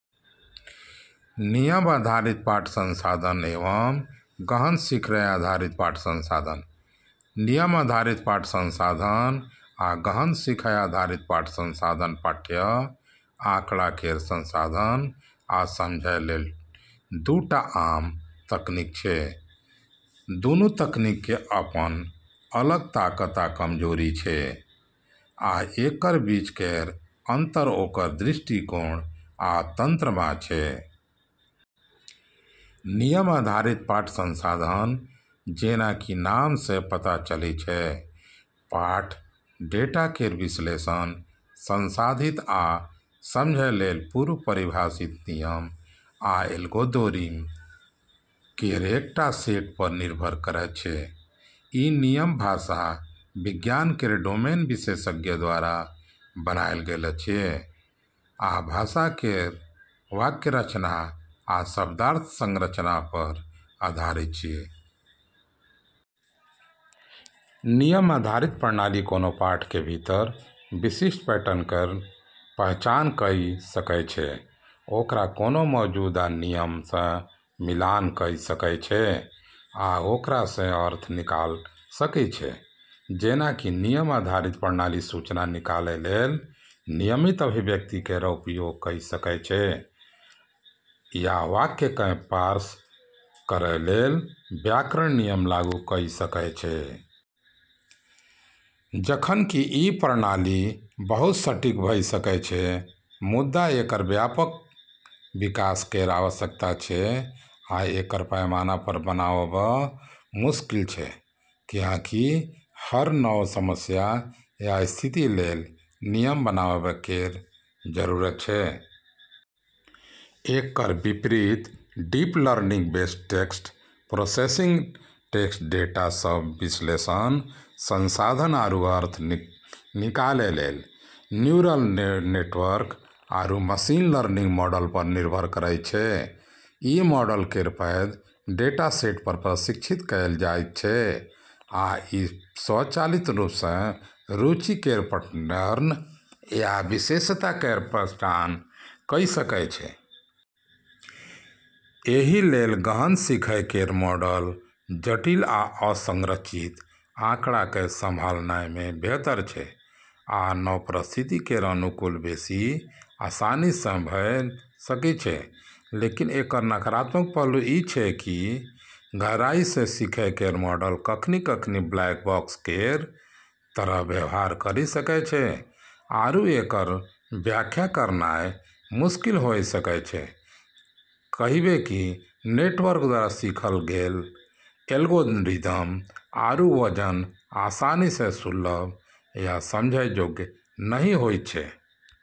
नियम आधारित पाठ संसाधन एवं गहन सीखने आधारित पाठ संसाधन। नियम आधारित पाठ संसाधन आ गहन सीखय आधारित पाठ संसाधन पाठ्य आँकड़ा केर संसाधन आ समझै लेल दूटा आम तकनीक छै। दुनू तकनीक के अपन अलग ताकत आ कमजोरी छै, आ एकर बीच केर अंतर ओकर दृष्टिकोण आ तंत्र मे छै। नियम आधारित पाठ संसाधन, जेना कि नाम सँ पता चलै छै, पाठ डेटा केर विश्लेषण, संसाधित आ समझै लेल पूर्व परिभाषित नियम आ एल्गोरिदम केर एकटा सेट पर निर्भर करैत छै। ई नियम भाषा विज्ञान केर डोमेन विशेषज्ञ द्वारा बनाएल गेल अछि, आ भाषा केर वाक्य रचना आ शब्दार्थ संरचना पर आधारित अछि। नियम आधारित प्रणाली कोनो पाठ के भीतर विशिष्ट पैटर्न केर पहचान कऽ सकै छै, ओकरा कोनो मौजूदा नियम सँ मिलान कऽ सकै छै आ ओकरा सँ अर्थ निकाल सकै छै। जेना कि नियम आधारित प्रणाली सूचना निकालै लेल नियमित अभिव्यक्ति केर उपयोग कऽ सकै छै, या वाक्य केँ पार्स करै लेल व्याकरण नियम लागू कऽ सकै छै। जखन कि ई प्रणाली बहुत सटीक भऽ सकै छै, मुदा एकर व्यापक विकास केर आवश्यकता छै आ एकर पैमाना पर बनाबब मुश्किल छै, कियाकि हर नव समस्या या स्थिति लेल नियम बनाबब केर जरूरत छै। एकर विपरीत, deep learning based text processing text data सँ विश्लेषण, संसाधन आरू अर्थ निकालै लेल न्यूरल नेटवर्क आरू मशीन लर्निंग मॉडल पर निर्भर करैत छै। ई मॉडल केर पैघ डेटासेट पर प्रशिक्षित कएल जाइत छै आ ई स्वचालित रूप सँ रुचि केर पैटर्न या विशेषता केर पहचान कऽ सकै छै। एहि लेल गहन सीखय केर मॉडल जटिल आ असंरचित आँकड़ा केँ संभालनाय मे बेहतर छै, आ नव परिस्थिति केर अनुकूल बेसि आसानी सँ भऽ सकै छै। लेकिन एकर नकारात्मक पहलू ई छै कि गहराई सँ सीखै केर मॉडल कखनी-कखनी 'ब्लैक बॉक्स' केर तरह व्यवहार करी सकै छै आरू एकर व्याख्या करनाय मुश्किल होय सकै छै, कहिबे कि नेटवर्क द्वारा सीखल गेल एल्गोरिदम आरू वजन आसानी सँ सुलभ या समझै योग्य नहि होइत छै।